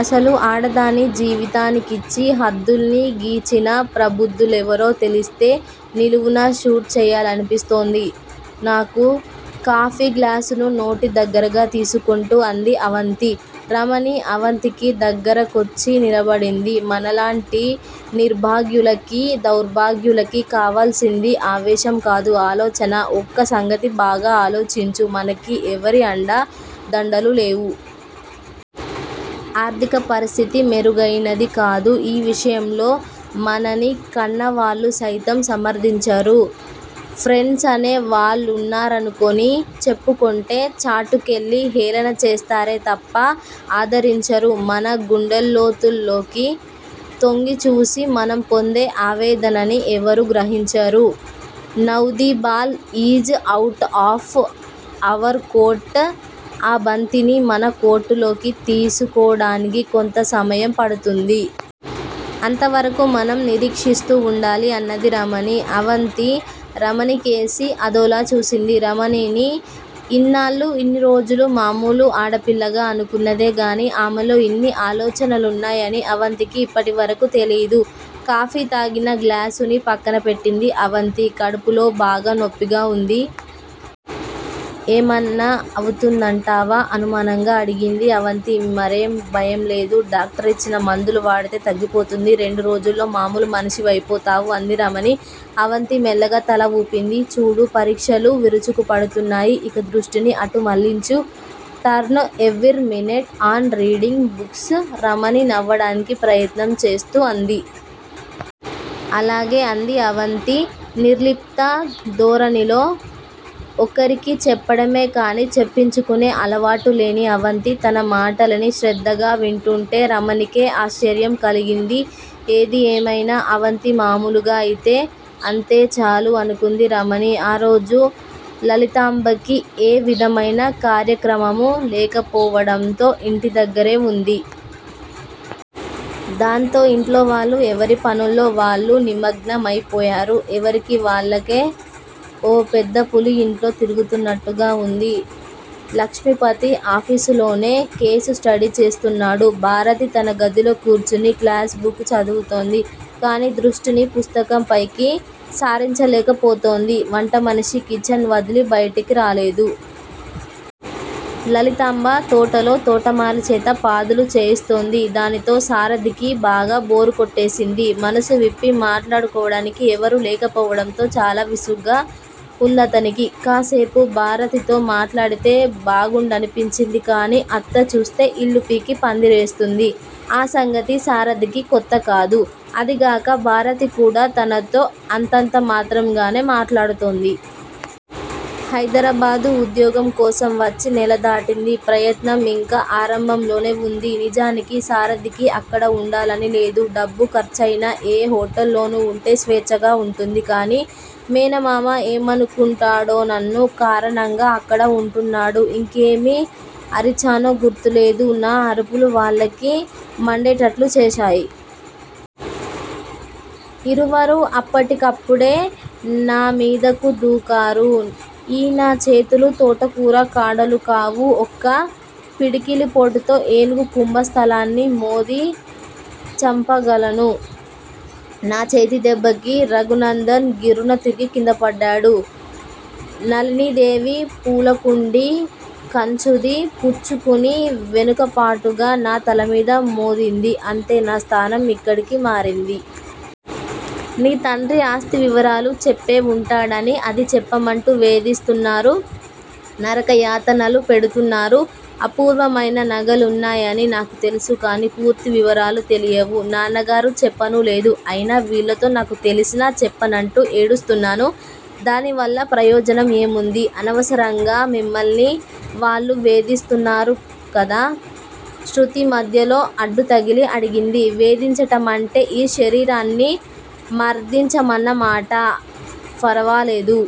అసలు ఆడదాని జీవితానికిచ్చి హద్దుల్ని గీచిన ప్రబుద్ధులెవరో తెలిస్తే నిలువునా షూట్ చెయ్యాలనిపిస్తోంది. నాకు కాఫీ గ్లాసుని నోటి దగ్గరగా తీసుకొంటూ అంది అవంతి. రమణి అవంతికి దగ్గరకొచ్చి నిలబడింది. మనలాంటి నిర్భాగ్యులకీ, దౌర్భాగ్యులకీ కావల్సింది ఆవేశం కాదు ఆలోచన. ఒక్క సంగతి బాగా ఆలోచించు. మనకి ఎవర అండ దండలూ లేవు. ఆర్థిక పరిస్థితి మెరుగైనదీకాదు. ఈ విషయంలో మనని కన్నవాళ్ళు సైతం సమర్థించరు. ఫ్రెండ్సనే వాళ్ళున్నారనుకొని చెప్పుకొంటే చాటుకెళ్ళి హేళనచేస్తారే తప్ప ఆదరించరు. మన గుండెలోతుల్లోకి తొంగిచూసి మనం పొందే ఆవేదనని ఎవరూ గ్రహించరు. Now the ball is out of our court, ఆ బంతిని మన కోర్టులోకి తీసుకోడానికి కొంత సమయం పడుతుంది. అంతవరకూ మనం నిరీక్షిస్తూ వుండాలి అన్నది రమణి. అవంతి రమణికేసి అదోలా చూసింది. రమణిని ఇన్నాళ్ళూ, ఇన్ని రోజులూ, మామూలు ఆడపిల్లగా అనుకున్నదే కానీ ఆమెలో ఇన్ని ఆలోచనలున్నాయని అవంతికి ఇప్పటివరకూ తెలీయదు. కాఫీ తాగిన గ్లాసుని పక్కన పెట్టింది అవంతి. కడుపులో బాగా నొప్పిగా వుంది. ఏమన్నా అవుంతుందంటావా? అనుమానంగా అడిగింది అవంతి. మరేం భయంలేదు. డాక్టరిచ్చిన మందులు వాడితే తగ్గిపోతుంది. రెండు రోజుల్లో మామూలు మనిషివైపోతావు అంది రమణి. అవంతి మెల్లగా తల వూపింది. చూడు, పరీక్షలు విరుచుకుపడుతున్నాయి. ఇక దృష్టిని అటు మళ్ళించు. Turn every minute on reading books Ramani నవ్వడానికి ప్రయత్నం చేస్తూ అంది. అలాగే! అంది అవంతి నిర్లిప్త ధోరణిలో. ఒకరికి చెప్పడమే కానీ చెప్పించుకొనే అలవాటులేని అవంతి తన మాటలని శ్రద్ధగా వింటూంటే రమణికే ఆశ్చర్యం కలిగింది. ఏది ఏమైనా 'అవంతి' మామూలుగా అయితే అంతేచాలు అనుకొంది రమణి. ఆ రోజు లలితాంబకి ఏ విధమైన కార్యక్రమమూ లేకపోవడంతో ఇంటి దగ్గరే వుంది. దాంతో ఇంట్లోవాళ్ళు ఎవరి పనుల్లో వాళ్ళు నిమగ్నమయిపోయారు ఎవరికి వాళ్ళకే ఓ పెద్దపులి ఇంట్లో తిరుగుతున్నట్టుగా ఉంది. లక్ష్మిపతి ఆఫీసులోనే కేసు స్టడీ చేస్తున్నాడు. భారతి తన గదిలో కూర్చుని క్లాస్ బుక్ చదువుతోంది. కానీ దృష్టిని పుస్తకం పైకి సారించలేకపోతోంది. వంటమనిషి కిచెన్ వదిలి బయటికి రాలేదు. లలితాంబ తోటలో తోటమాలిచేత పాదులు చేయిస్తోంది. దానితో సారధికి బాగా బోరు కొట్టేసింది. మనస్సు విప్పి మాట్లాడుకోడానికి ఎవరూ లేకపోవడంతో చాలా విసుగ్గా ఉందతనికి. కాస్సేపు భారతితో మాట్లాడితే బాగుండుననిపించింది కానీ 'అత్త' చూస్తే ఇల్లు పీకి పందిరేస్తుంది. ఆ సంగతి సారథికి కొత్తకాదు. అదీగాక భారతి కూడా తనతో అంతంత మాత్రంగానే మాట్లాడుతోంది. హైదరాబాదు ఉద్యోగం కోసం వచ్చి నెల దాటింది. ప్రయత్నం ఇంకా ఆరంభంలోనే వుంది. నిజానికి సారథికి అక్కడ ఉండాలని లేదు. డబ్బు ఖర్చయినా ఏ హోటల్లోనో ఉంటే స్వేచ్ఛగా ఉంటుంది. కానీ, మేనమామ ఏమనుకుంటాడోనన్న కారణంగా అక్కడ ఉంటున్నాడు. ఇంకేమి అరిచానో గుర్తులేదు. నా అరుపులు వాళ్ళకి మండేటట్లు చేశాయి. ఇరువరూ అప్పటి కప్పుడే నామీదకు దూకారు. ఈ నాచేతులు తోటకూర కాడలు కావు. ఒక్క పిడికిలిపోటుతో ఏనుగు కుంభస్థలాన్ని మోది చంపగలను. నా చేతి దెబ్బకి రఘునందన్ గిర్రున తిరిగి కిందపడ్డాడు. నళినీదేవి పూలకుండీ కంచుది పుచ్చుకుని వెనుకపాటుగా నా తలమీద మోదింది. అంతే, నా స్థానం ఇక్కడికి మారింది. నీ తండ్రి ఆస్తి వివరాలు చెప్పేవుంటాడని అది చెప్పమంటూ వేధిస్తూన్నారు. నరకయాతనలు పెడుతున్నారు. అపూర్వమైన నగలున్నాయని నాకు తెలుసు. కానీ పూర్తి వివరాలు తెలియవు. నాన్నగారు చెప్పనూలేదు. అయినా వీళ్ళతో నాకు తెలిసినా చెప్పనంటూ ఏడ్పిస్తున్నాను దానివల్ల ప్రయోజనం ఏముంది. అనవసరంగా మిమ్మల్ని వాళ్ళు వేధిస్తున్నారుకదా? శృతి మధ్యలో అడ్డుతగిలి అడిగింది. వేధించటమంటే ఈ శరీరాన్ని మర్థించమన్నమాట ఫరవాలేదు